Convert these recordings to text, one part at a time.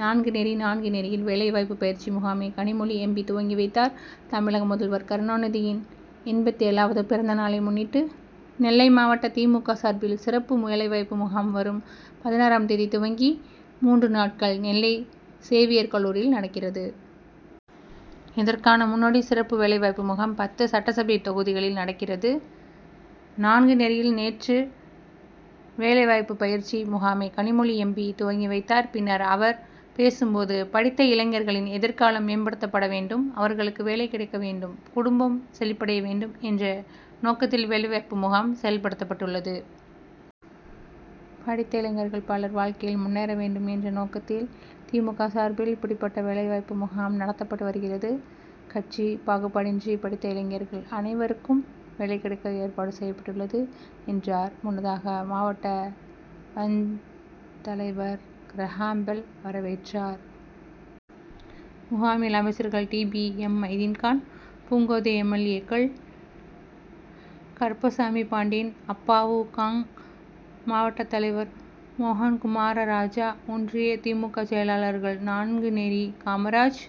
நான்குநேரி நான்குநேரியில் வேலைவாய்ப்பு பயிற்சி முகாமை கனிமொழி எம். பி., துவக்கி வைத்தார். தமிழக முதல்வர் கருணாநிதியின் எண்பத்தேழாவது பிறந்தநாளை முன்னிட்டு நெல்லை மாவட்ட திமுக சார்பில் சிறப்பு வேலைவாய்ப்பு முகாம் வரும் பதினாறாம் தேதி துவங்கி மூன்று நாட்கள் நெல்லை சேவியர் கல்லூரியில் நடக்கிறது. இதற்கான முன்னோடி சிறப்பு வேலைவாய்ப்பு முகாம் பத்து சட்டசபை தொகுதிகளில் நடக்கிறது. நான்குநேரியில் நேற்று வேலைவாய்ப்பு பயிற்சி முகாமை கனிமொழி எம். பி. துவக்கி வைத்தார். பின்னர் அவர் பேசும்போது, படித்த இளைஞர்களின் எதிர்காலம் மேம்படுத்தப்பட வேண்டும். அவர்களுக்கு வேலை கிடைக்க வேண்டும். குடும்பம் செழிப்படைய வேண்டும் என்ற நோக்கத்தில் வேலைவாய்ப்பு முகாம் செயல்படுத்தப்பட்டுள்ளது. படித்த இளைஞர்கள் பலர் வாழ்க்கையில் முன்னேற வேண்டும் என்ற நோக்கத்தில் தி. மு. க. சார்பில் இப்படிபட்ட வேலைவாய்ப்பு முகாம் நடத்தப்பட்டு வருகிறது. கட்சி பாகுபாடின்றி படித்த இளைஞர்கள் அனைவருக்கும் வேலை கிடைக்க ஏற்பாடு செய்யப்பட்டுள்ளது என்றார். முன்னதாக மாவட்ட பஞ்., தலைவர் கிரகாம்பெல் வரவேற்றார். முகாமில் அமைச்சர்கள் T. P. M. Maideenkhan, Poongothai, M. L. A. கள் கருப்பசாமிபாண்டியன், அப்பாவு, காங்., மாவட்ட தலைவர் மோகன்குமாரராஜா, ஒன்றிய திமுக செயலாளர்கள் நான்குநேரி காமராஜ்,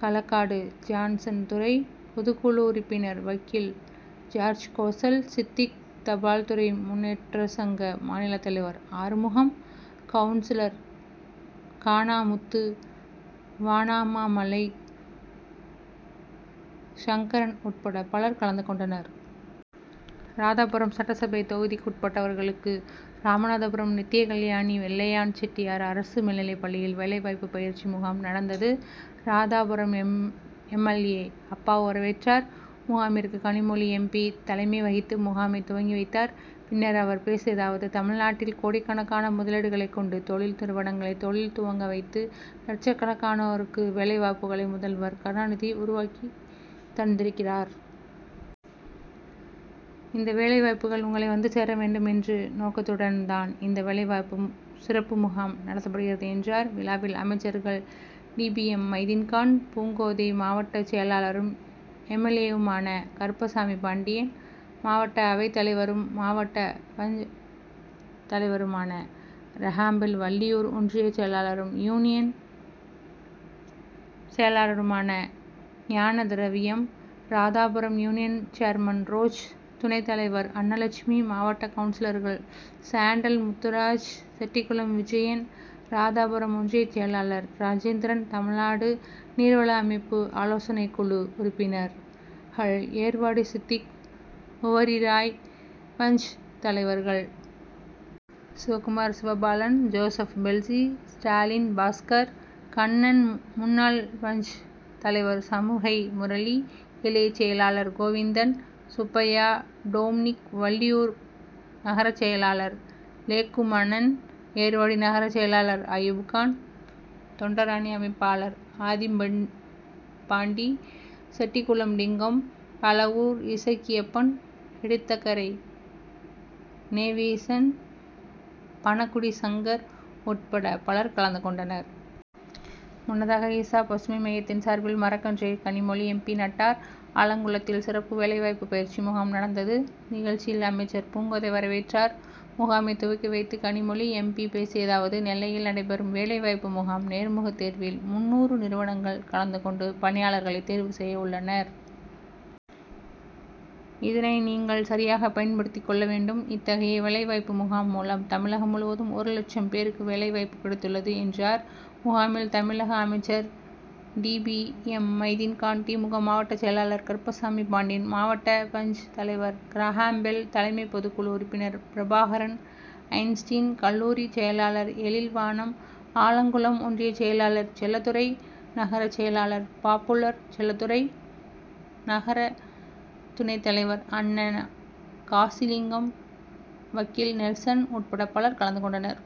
களக்காடு ஜான்சன்துரை, பொதுக்குழு உறுப்பினர் வக்கீல் சார்ஜ்கோசல், சித்திக், தபால்துறை முன்னேற்ற சங்க மாநில தலைவர் ஆறுமுகம், கவுன்சிலர் கானாமுத்து, வானமாமலை சங்கரன் உட்பட பலர் கலந்து கொண்டர். ராதாபுரம் சட்டசபை தொகுதிக்குட்பட்டவர்களுக்கு ராதாபுரம் நித்யகல்யாணி வெள்ளையன் செட்டியார் அரசு மேல்நிலைப் பள்ளியில் வேலைவாய்ப்பு பயிற்சி முகாம் நடந்தது. Radhapuram M. L. A., Appavu வரவேற்றார். முகாமிற்கு கனிமொழி எம். பி., தலைமை வகித்து முகாமை துவக்கி வைத்தார். பின்னர் அவர் பேசியதாவது தமிழ்நாட்டில் கோடிக்கணக்கான முதலீடுகளை கொண்டு தொழில் நிறுவனங்களை தொழில் துவங்க வைத்து லட்சக்கணக்கனோருக்கு வேலைவாய்ப்புகளை முதல்வர் கருணாநிதி உருவாக்கி தந்திருக்கிறார். இந்த வேலை வாய்ப்புகள் உங்களை வந்து சேர வேண்டும் என்ற நோக்கத்தோடு தான் இந்த வேலைவாய்ப்பு சிறப்பு முகாம் நடத்தப்படுகிறது என்றார். விழாவில் அமைச்சர்கள் டிபிஎம் மைதீன்கான், பூங்கோதை, மாவட்ட செயலாளரும் எம். எல். ஏ.,வுமான கருப்பசாமிபாண்டியன், மாவட்ட அவைத்தலைவரும் மாவட்ட பஞ்.,தலைவருமான கிரகாம்பெல், வள்ளியூர் ஒன்றிய செயலாளரும் யூனியன் செயலாளருமான Gnanathiraviyam, Radhapuram union chairman roach, துணைத் தலைவர் அன்னலட்சுமி, மாவட்ட கவுன்சிலர்கள் சாண்டல் முத்துராஜ், செட்டிகுளம் விஜயன், ராதாபுரம் ஒன்றிய செயலாளர் ராஜேந்திரன், தமிழ்நாடு நீர்வள அமைப்பு ஆலோசனைக்குழு உறுப்பினர்கள் ஏர்வாடி சித்திக், உவரி ராய், பஞ்.,தலைவர்கள் சிவகுமார், சிவபாலன், ஜோசப்பெல்ஸி, ஸ்டாலின், பாஸ்கர், கண்ணன், முன்னாள் பஞ்.,தலைவர் சமூகை முரளி, கிளை செயலாளர் கோவிந்தன், சுப்பையா, டொமினிக், வள்ளியூர் நகர செயலாளர் லெக்குமணன், ஏர்வாடி நகர செயலாளர் அயூப்கான், தொண்டரணி அமைப்பாளர் ஆதிபாண்டி, செட்டிகுளம் லிங்கம், பழவூர் இசக்கியப்பன், இடிந்தகரை நேவிசன், பணகுடி சங்கர் உட்பட பலர் கலந்து கொண்டனர். முன்னதாக ஈசா பசுமை மையத்தின் சார்பில் மரக்கன்றை கனிமொழி எம். பி., நட்டார். ஆலங்குளத்தில் சிறப்பு வேலைவாய்ப்பு பயிற்சி முகாம் நடந்தது. நிகழ்ச்சியில் அமைச்சர் பூங்கோதை வரவேற்றார். முகாமை துவக்கி வைத்து கனிமொழி எம். பி. பேசியதாவது நெல்லையில் நடைபெறும் வேலை வாய்ப்பு முகாம் நேர்முக தேர்வில் முந்நூறு நிறுவனங்கள் கலந்து கொண்டு பணியாளர்களை தேர்வு செய்யவுள்ளனர். இதனை நீங்கள் சரியாக பயன்படுத்திக் கொள்ள வேண்டும். இத்தகைய வேலைவாய்பு முகாம் மூலம் தமிழகம் முழுவதும் ஒரு லட்சம் பேருக்கு வேலைவாய்ப்பு கிடைத்துள்ளது என்றார். முகாமில் தமிழக அமைச்சர் T. P. M. Maideenkhan, DMK மாவட்ட செயலாளர் கருப்பசாமிபாண்டியன், மாவட்ட பஞ்., தலைவர் கிரகாம்பெல், தலைமை பொதுக்குழு உறுப்பினர் பிரபாகரன், ஐன்ஸ்டின் கல்லூரி செயலாளர் எழில்வானம், ஆலங்குளம் ஒன்றிய செயலாளர் செல்லத்துரை, நகர செயலாளர் பாப்புலர் செல்லத்துரை, நகர துணைத் தலைவர் அண்ணா காசிலிங்கம், வக்கீல் நெல்சன் உட்பட பலர் கலந்து கொண்டனர்.